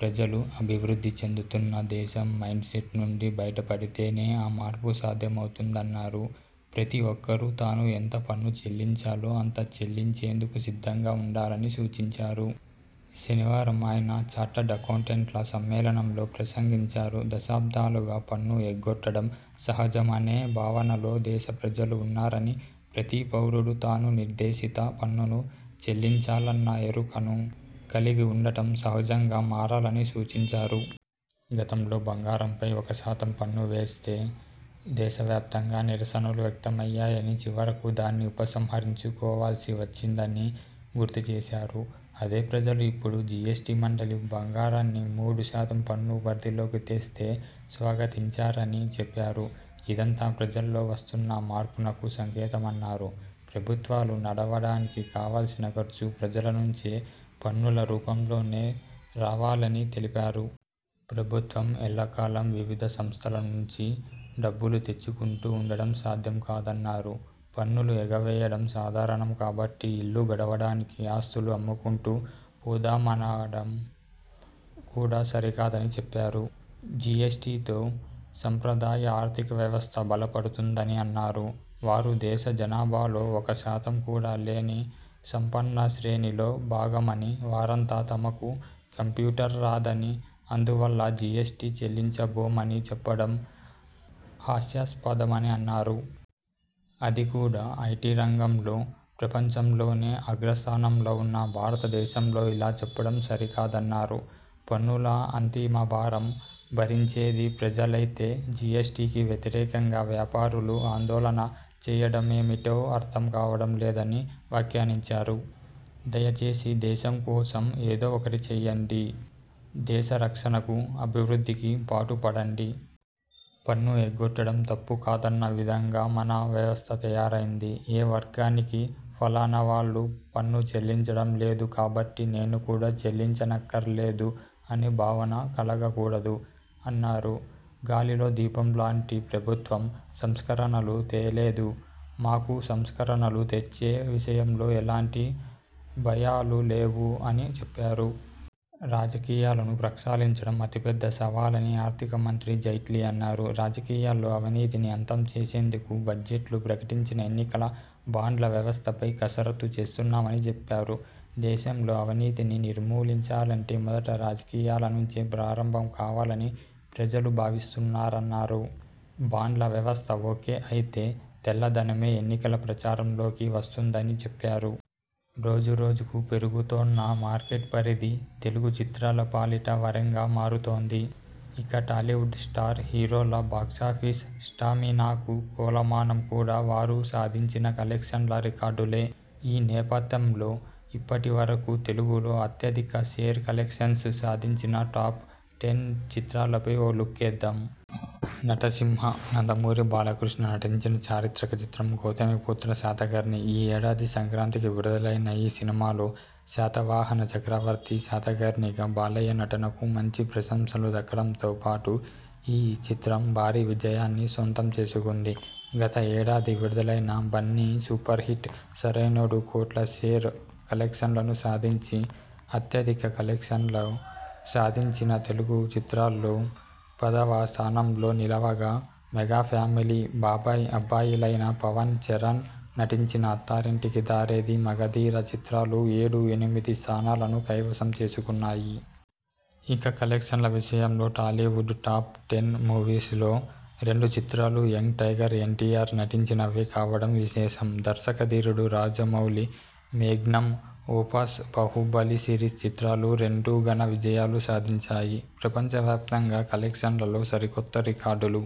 ప్రజలు అభివృద్ధి చెందుతున్న దేశం మైండ్సెట్ నుంచి బయటపడితేనే ఆ మార్పు సాధ్యమవుతుందన్నారు. ప్రతీ ఒక్కరూ తాను ఎంత పన్ను చెల్లించాలో అంత చెల్లించేందుకు సిద్ధంగా ఉండాలని సూచించారు. శనివారం ఆయన చార్టర్డ్ అకౌంటెంట్ల సమ్మేళనంలో ప్రసంగించారు. దశాబ్దాలుగా పన్ను ఎగ్గొట్టడం సహజమనే భావనలో దేశ ప్రజలు ఉన్నారని, ప్రతీ పౌరుడూ తాను నిర్దేశిత పన్నును చెల్లించాలన్న ఎరుకను కలిగి ఉండటం సహజంగా మారాలని సూచించారు. గతంలో బంగారంపై ఒకశాతం పన్ను వేస్తే దేశవ్యాప్తంగా నిరసనలు వ్యక్తమయ్యాయని, చివరకు దాన్ని ఉపసంహరించుకోవాల్సి వచ్చిందని గుర్తుచేశారు. అదే ప్రజలు ఇప్పుడు జీఎస్టీ మండలి బంగారాన్ని మూడు శాతం పన్ను పరిధిలోకి తెస్తే స్వాగతించారని చెప్పారు. ఇదంతా ప్రజల్లో వస్తున్న మార్పునకు సంకేతమన్నారు. ప్రభుత్వాలు నడవడానికి కావల్సిన ఖర్చు ప్రజల నుంచి పన్నుల రూపంలోనే రావాలని తెలిపారు. ప్రభుత్వం ఎల్లకాలం వివిధ సంస్థల నుంచి డబ్బులు తెచ్చుకుంటూ ఉండటం సాధ్యం కాదన్నారు. పన్నులు ఎగవేయడం సాధారణం కాబట్టి ఇల్లు గడవడానికి ఆస్తులు అమ్ముకుంటూ పోదామనడం కూడా సరికాదని చెప్పారు. జీఎస్టీతో సంప్రదాయ ఆర్థిక వ్యవస్థ బలపడుతుందని అన్నారు. వారు దేశ జనాభాలో ఒక శాతం కూడా లేని సంపన్న శ్రేణిలో భాగమని, వారంతా తమకు కంప్యూటర్ రాదని, అందువల్ల జీఎస్టీ చెల్లించబోమని చెప్పడం హాస్యాస్పదమని అన్నారు. అది కూడా ఐటీ రంగంలో ప్రపంచంలోనే అగ్రస్థానంలో ఉన్న భారతదేశంలో ఇలా చెప్పడం సరికాదన్నారు. పన్నుల అంతిమభారం భరించేది ప్రజలైతే జీఎస్టీకి వ్యతిరేకంగా వ్యాపారులు ఆందోళన చేయడమేమిటో అర్థం కావడం లేదని వ్యాఖ్యానించారు. ''దయచేసి దేశం కోసం ఏదో ఒకటి చేయండి. దేశరక్షణకు, అభివృద్ధికి పాటుపడండి. పన్ను ఎగ్గొట్టడం తప్పు కాదన్న విధంగా మన వ్యవస్థ తయారైంది. ఏ వర్గానికీ ఫలానా వాళ్లు పన్ను చెల్లించడం లేదు కాబట్టి నేను కూడా చెల్లించనక్కరలేదు అనే భావన కలగకూడదు'' అన్నారు. ''గాలిలో దీపం లాంటి ప్రభుత్వం సంస్కరణలు తేలేదు. మాకు సంస్కరణలు తెచ్చే విషయంలో ఎలాంటి భయాలూ లేవు'' అని చెప్పారు. రాజకీయాలను ప్రక్షాళించడం అతి పెద్ద సవాలని ఆర్థిక మంత్రి జైట్లీ అన్నారు. రాజకీయాల్లో అవినీతిని అంతం చేసేందుకు బడ్జెట్లో ప్రకటించిన ఎన్నికల బాండ్ల వ్యవస్థపై కసరత్తు చేస్తున్నామని చెప్పారు. దేశంలో అవినీతిని నిర్మూలించాలంటే మొదట రాజకీయాల నుంచే ప్రారంభం కావాలని ప్రజలు భావిస్తున్నారన్నారు. బాండ్ల వ్యవస్థ ఓకే అయితే తెల్లధనమే ఎన్నికల ప్రచారంలోకి వస్తుందని చెప్పారు. రోజు రోజుకు పెరుగుతోన్న మార్కెట్ పరిధి తెలుగు చిత్రాల పాలిట వరంగా మారుతోంది. ఇక టాలీవుడ్ స్టార్ హీరోల బాక్సాఫీస్ స్టామినాకు కొలమానం కూడా వారు సాధించిన కలెక్షన్ల రికార్డులే. ఈ నేపథ్యంలో ఇప్పటివరకూ తెలుగులో అత్యధిక షేర్ కలెక్షన్స్ సాధించిన టాప్ టెన్ చిత్రాలపై ఓ లుక్కేద్దాం. నటసింహ నందమూరి బాలకృష్ణ నటించిన చారిత్రక చిత్రం 'గౌతమీపుత్ర శాతకర్ణి'. ఈ ఏడాది సంక్రాంతికి విడుదలైన ఈ సినిమాలో శాతవాహన చక్రవర్తి శాతకర్ణిగా బాలయ్య నటనకు మంచి ప్రశంసలు దక్కడంతో పాటు ఈ చిత్రం భారీ విజయాన్ని సొంతం చేసుకుంది. గత ఏడాది విడుదలైన బన్నీ సూపర్ హిట్ 'సరైనోడు' కోట్ల షేర్ కలెక్షన్లను సాధించి అత్యధిక కలెక్షన్లు సాధించిన తెలుగు చిత్రాల్లో పదవ స్థానంలో నిలవగా మెగా ఫ్యామిలీ బాబాయ్-అబ్బాయిలైన పవన్-చరణ్ నటించిన 'అత్తారింటికి దారేది', 'మగధీర' చిత్రాలు ఏడు, ఎనిమిది స్థానాలను కైవసం చేసుకున్నాయి. ఇక కలెక్షన్ల విషయంలో టాలీవుడ్ టాప్ టెన్ మూవీస్ లో రెండు చిత్రాలు యంగ్ టైగర్ ఎన్టీఆర్ నటించినవే కావడం విశేషం. దర్శకధీరుడు Rajamouli magnum opus 'Baahubali' series చిత్రాలు రెండూ ఘన విజయాలు సాధించాయి. ప్రపంచవ్యాప్తంగా కలెక్షన్లలో సరికొత్త రికార్డులు